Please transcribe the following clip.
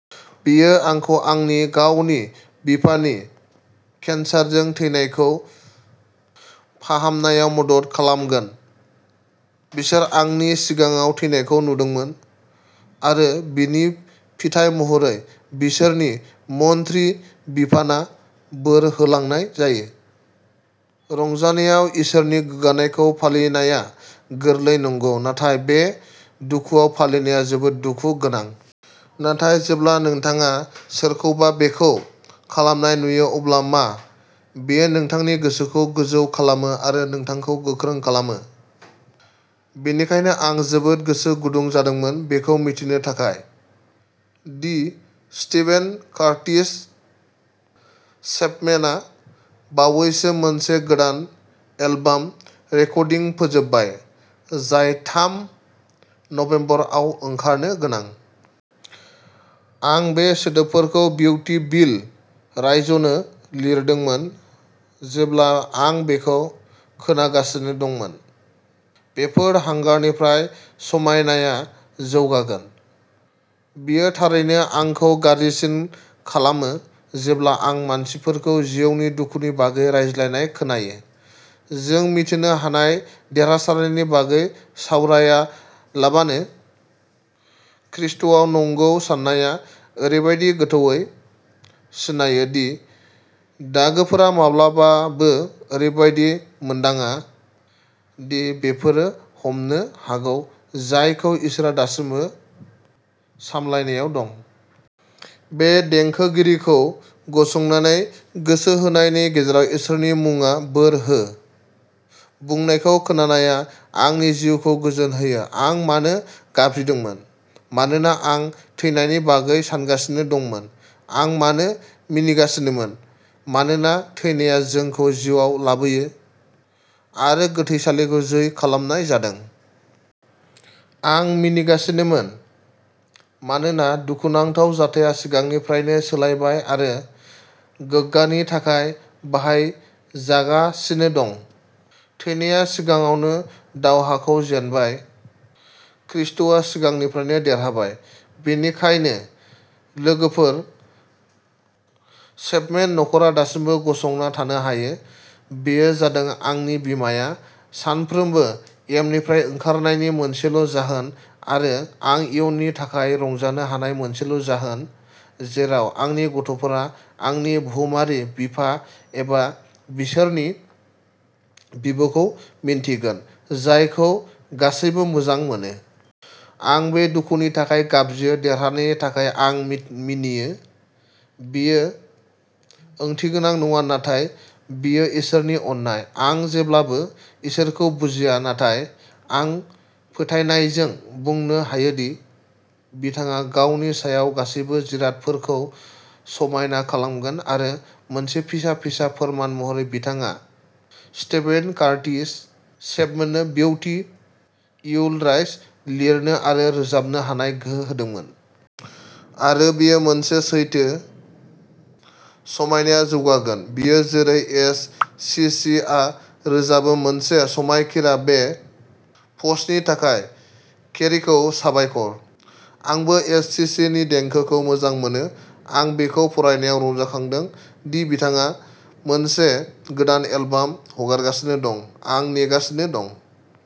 बियो आंखौ आंनि गावनि बिफानि केन्सारजों थैनायखौ फाहामनायाव मदद खालामगोन। बिसोर आंनि सिगाङाव थैनायखौ नुदोंमोन आरो बिनि फिथाइ महरै बिसोरनि मन्थ्रि बिफाना बोर होलांनाय जायो। रंजानायाव इसोरनि गोग्गानायखौ फालिनाया गोरलै नंगौ। नाथाय बे दुखुआव फालिनाया जोबोद दुखु गोनां। नाथाय जेब्ला नोंथाङा सोरखौबा बेखौ खालामनाय नुयो अब्ला मा बेयो नोंथांनि गोसोखौ गोजौ खालामो आरो नोंथांखौ गोख्रों खालामो। बेनिखायनो आं जोबोद गोसो गुदुं जादोंमोन बेखौ मिथिनो थाखाय दि स्टेभेन कार्टिस चेपमेनआ बावैसो मोनसे गोदान एलबाम रेकर्डिं फोजोबबाय जाय थाम नबेम्बर आव ओंखारनो गोनां। आं बे सोदोबफोरखौ बिउटि विल राइज'नो लिरदोंमोन जेब्ला आं बेखौ खोनागासिनो दंमोन। बेफोर हांगारनिफ्राय समायनाया जौगागोन। बियो थारैनो आंखौ गाज्रिसिन खालामो जेब्ला आं मानसिफोरखौ जिउनि दुखुनि बागै रायज्लायनाय खोनायो जों मिथिनो हानाय देरहासारनायनि बागै सावरायालाबानो ख्रीष्टआव नंगौ सानाया ओरैबादि गोथौवै सिनायो दि दागोफोरा माब्लाबाबो ओरैबादि मोनदाङा दि बेफोरो हमनो हागौ जायखौ इसोरआ दासिमबो सामलायनायाव दं। बे देंखोगिरिखौ गसंनानै गोसो होनायनि गेजेराव "इसोरनि मुङा बोर हो" बुंनायखौ खोनानाया आंनि जिउखौ गोजोन होयो। आं मानो गाबज्रिदोंमोन? मानोना आं थैनायनि बागै सानगासिनो दंमोन। आं मानो मिनिगासिनोमोन? मानोना थैनाया जोंखौ जिउआव लाबोयो आरो गोथैसालिखौ जै खालामनाय जादों। आं मिनिगासिनोमोन मानोना दुखुनांथाव जाथाया सिगांनिफ्रायनो सोलायबाय आरो गोग्गानि थाखाय बाहायजागासिनो दं। थैनाया सिगाङावनो दावहाखौ जेनबाय। ख्रीष्टआ सिगांनिफ्रायनो देरहाबाय। बेनिखायनो लोगोफोर चेपमेन न'खरा दासिमबो गसंना थानो हायो। बेयो जादों आंनि बिमाया सानफ्रोमबो एमनिफ्राय ओंखारनायनि मोनसेल' जाहोन आरो आं इयुननि थाखाय रंजानो हानाय मोनसेल' जाहोन जेराव आंनि गथ'फोरा आंनि भुमारि बिफा एबा बिसोरनि बिबौखौ मिन्थिगोन जायखौ गासैबो मोजां मोनो। आं बे दुखुनि थाखाय गाबज्रियो। देरहानायनि थाखाय आं मि-मिनियो। बियो ओंथिगोनां नङा नाथाय बियो इसोरनि अननाय। आं जेब्लाबो इसोरखौ बुजिया नाथाय आं फोथायनायजों बुंनो हायोदि बिथाङा गावनि सायाव गासैबो जिरादफोरखौ समायना खालामगोन आरो मोनसे फिसा फिसा फोरमान महरै बिथाङा स्टेभेन कार्टिस चेपमेननो बिउटि उइल राइज लिरनो आरो रोजाबनो हानाय गोहो होदोंमोन। आरो बियो मोनसे सैथो। समायनाया जौगागोन। बियो, जेरै एस. सि. सि. आ रोजाबो "मोनसे समायखिरा" बे पस्टनि थाखाय केरिखौ साबायखर। आंबो एस. सि. सि. नि देंखोखौ मोजां मोनो। आं बेखौ फरायनायाव रंजाखांदों दि बिथाङा मोनसे गोदान एलबाम हगारगासिनो दं। आं नेगासिनो दं।